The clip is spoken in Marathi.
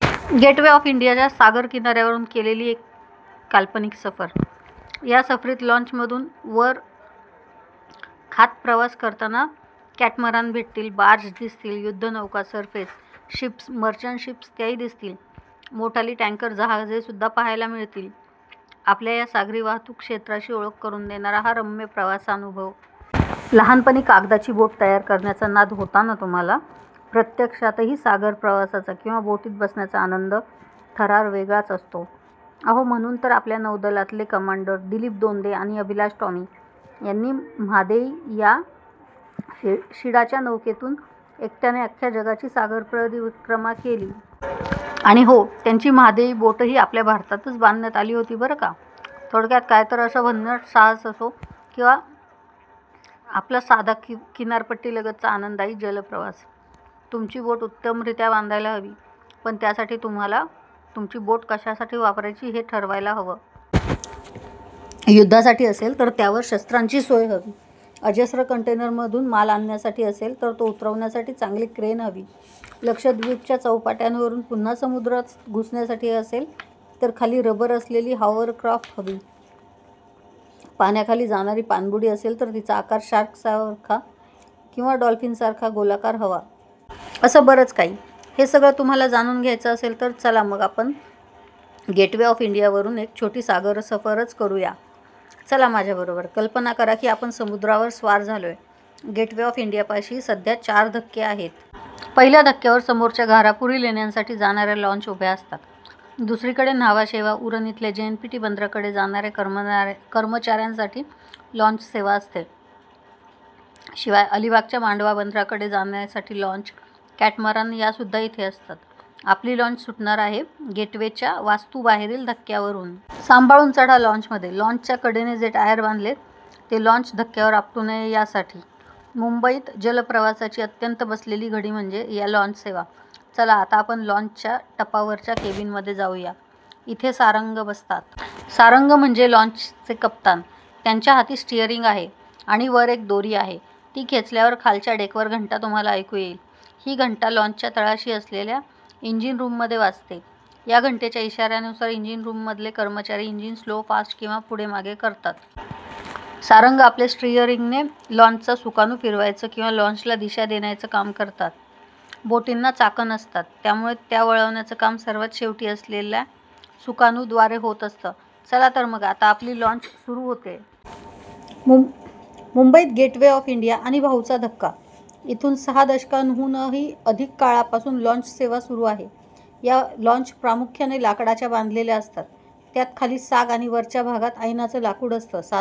गेटवे ऑफ इंडियाच्या सागरकिनाऱ्यावरून केलेली ही एक काल्पनिक सफर... या सफरीत लाँचमधून वर खात प्रवास करताना कॅटमरान भेटतील, बार्ज दिसतील, युद्धनौका, सरफेस शिप्स, मर्चंट शिप्स याही दिसतील. मोठाली टँकर जहाजेसुद्धा पाहायला मिळतील... आपल्या या सागरी वाहतूक क्षेत्राशी ओळख करून देणारा हा रम्य प्रवासानुभव! लहानपणी कागदाची बोट तयार करण्याचा नाद होता ना तुम्हाला? प्रत्यक्षातही सागरप्रवासाचा किंवा बोटीत बसण्याचा आनंद, थरार वेगळाच असतो. अहो, म्हणून तर आपल्या नौदलातले कमांडर दिलीप दोंदे आणि अभिलाष टॉमी यांनी म्हादेई या शिडाच्या नौकेतून एकट्याने अख्ख्या जगाची सागरपरिक्रमा केली. आणि हो, त्यांची म्हादेई बोटही आपल्या भारतातच बांधण्यात आली होती, बरं का. थोडक्यात काय, तर असं भन्नाट साहस असो की आपला साधा किनारपट्टीलगतचा आनंददायी जलप्रवास, तुमची बोट उत्तमरीत्या बांधायला हवी. पण त्यासाठी तुम्हाला तुमची बोट कशासाठी वापरायची, ते ठरवायला हवं. युद्धासाठी असेल, तर त्यावर शस्त्रांची सोय हवी, अजस्त्र कंटेनरमधून माल आणण्यासाठी असेल, तर तो उतरविण्यासाठी चांगली क्रेन हवी, लक्षद्वीपच्या चौपाट्यांवरून पुन्हा समुद्रात घुसण्यासाठी असेल, तर खाली रबर असलेली हॉवरक्राफ्ट हवी, पाण्याखाली जाणारी पाणबुडी असेल, तर तिचा आकार शार्क किंवा डॉल्फिनसारखा गोलाकार हवा... असं बरंच काही. हे सगळं तुम्हाला जाणून घ्यायचं असेल, तर चला मग आपण गेटवे ऑफ इंडियावरून एक छोटी सागरसफरच करू या. चला माझ्याबरोबर... कल्पना करा की आपण समुद्रावर स्वार झालोय. गेटवे ऑफ इंडियापाशी सध्या चार धक्के आहेत. पहिल्या धक्क्यावर समोरच्या घारापुरी लेण्यांसाठी जाणाऱ्या लाँच उभ्या असतात, दुसरीकडे न्हावाशेवा-उरण इथल्या जेएनपीटी बंदराकडे जाणाऱ्या कर्मचाऱ्यांसाठी लाँचसेवा असते. शिवाय अलिबागच्या मांडवा बंदराकडे जाण्यासाठी लाँच, कॅटमरान यासुद्धा इथे असतात. आपली लाँच सुटणार आहे गेटवेच्या वास्तूबाहेरील धक्क्यावरून. 'सांभाळून चढा लाँचमध्ये.' लाँचच्या कडेने जे टायर बांधलेत, ते लाँच धक्क्यावर आपटू नये, यासाठी. मुंबईत जलप्रवासाची अत्यंत बसलेली घडी म्हणजे या लाँचसेवा. चला, आता आपण लाँचच्या टपावरच्या केबिनमध्ये जाऊ या. इथे सारंग बसतात. सारंग म्हणजे लाँचचे कप्तान. त्यांच्या हाती स्टिअरिंग आहे आणि वर एक दोरी आहे, ती खेचल्यावर खालच्या डेकवर घंटा तुम्हाला ऐकू येईल. ही घंटा लाँचच्या तळाशी असलेल्या इंजिनरुममध्ये वाजते. या घंटेच्या इशार्यानुसार इंजिनरुममधले कर्मचारी इंजिन स्लो-फास्ट किंवा पुढे-मागे करतात. सारंग आपल्या स्टिअरिंगने लाँचचा सुकाणू फिरवायचं किंवा लाँचला दिशा देण्याचं काम करतात. बोटींना चाकं नसतात, त्यामुळे त्या वळवण्याचं काम सर्वात शेवटी असलेल्या सुकाणूद्वारे होत असतं. चला तर मग आता आपली लाँच सुरू होतेय. मुंबईत गेटवे ऑफ इंडिया आणि भाऊचा धक्का इथून सहा दशकांहूनही अधिक काळापासून लाँचसेवा सुरू आहे. या लाँच प्रामुख्याने लाकडाच्या बांधलेल्या असतात. त्यात खाली साग आणि वरच्या भागात ऐनाचं लाकूड असतं. साधारण